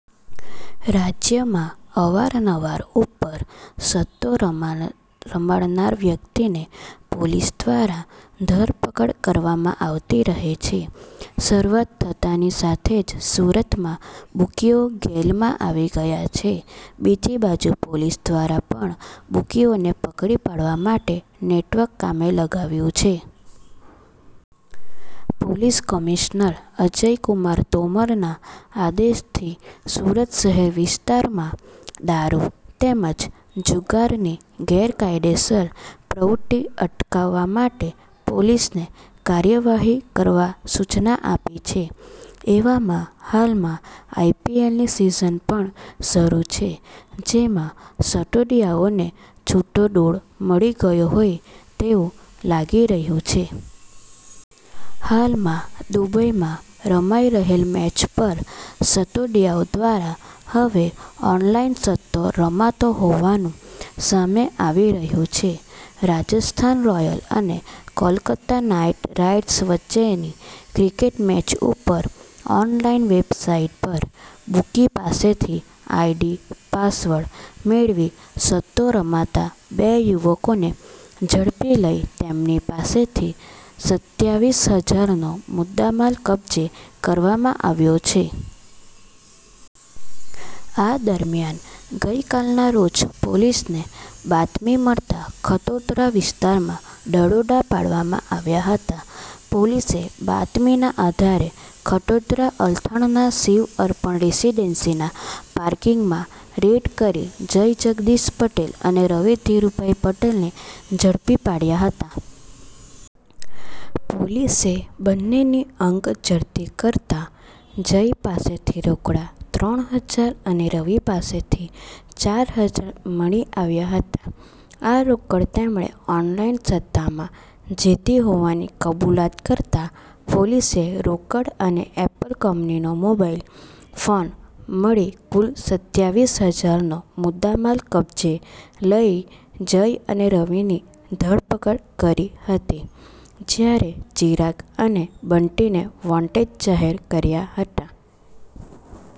રાજ્યમાં અવાર-નવાર ઉપર સટ્ટો રમનાર વ્યક્તિને પોલીસ દ્વારા ધરપકડ કરવામાં આવતી રહે છે. શરુઆત થતાંની સાથે જ સુરતમાં બુકીઓ ગેલમાં આવી ગયા છે. બીજી બાજુ પોલીસ દ્વારા પણ બુકીઓને પકડી પાડવા માટે નેટવર્ક કામે લગાવ્યુ છે. પોલીસ કમિશનર અજયકુમાર તોમરના આદેશથી સુરત શહેર વિસ્તારમાં દારૂ તેમજ જુગારની ગેરકાયદેસર પ્રવૃત્તિ અટકાવવા માટે પોલીસને કાર્યવાહી કરવા સૂચના આપી છે. એવામાં હાલમાં આઈપીએલની સિઝન પણ શરૂ છે. જેમાં સટોડિયાઓને છૂટો દોર મળી ગયો હોય તેવું લાગી રહ્યું છે. હાલમાં દુબઈમાં રમાઈ રહેલ મેચ પર સટ્ટોડિયાઓ દ્વારા હવે ઓનલાઈન સટ્ટો રમાતો હોવાનું સામે આવી રહ્યું છે. રાજસ્થાન રોયલ અને કોલકત્તા નાઇટ રાઇડર્સ વચ્ચેની ક્રિકેટ મેચ ઉપર ઓનલાઇન વેબસાઇટ પર બુકી પાસેથી આઇડી-પાસવર્ડ મેળવી સટ્ટો રમતા બે યુવકોને ઝડપી લઈ તેમની પાસેથી સત્યાવીસ હજારનો મુદ્દામાલ કબ્જે કરવામાં આવ્યો છે. આ દરમ્યાન ગઈકાલના રોજ પોલીસને બાતમી મળતા ખટોદરા વિસ્તારમાં દરોડા પાડવામાં આવ્યા હતા. પોલીસે બાતમીના આધારે ખટોદરા અલથાણના શીવ અર્પણ રેસીડન્સીના પાર્કિંગમાં રેડ કરી જય જગદીશ પટેલ અને રવિ ધીરૂભાઇ પટેલ ને ઝડપી પાડયા હતા. પોલીસે બંનેની અંગ જડતી કરતા જય પાસેથી રોકડા ત્રણ હજાર અને રવિ પાસેથી ચાર હજાર મળી આવ્યા હતા. આ રોકડ તેમણે ઓનલાઇન સટ્ટામાં જીતી હોવાની કબૂલાત કરતા પોલીસે રોકડ અને એપલ કંપનીનો મોબાઇલ ફોન મળી કુલ સત્યાવીસ હજારનો મુદ્દામાલ કબ્જે લઇ જય અને રવિની ધરપકડ કરી હતી. જયારે ચિરાગ અને બંટીને વોન્ટેડ જાહેર કર્યા હતા.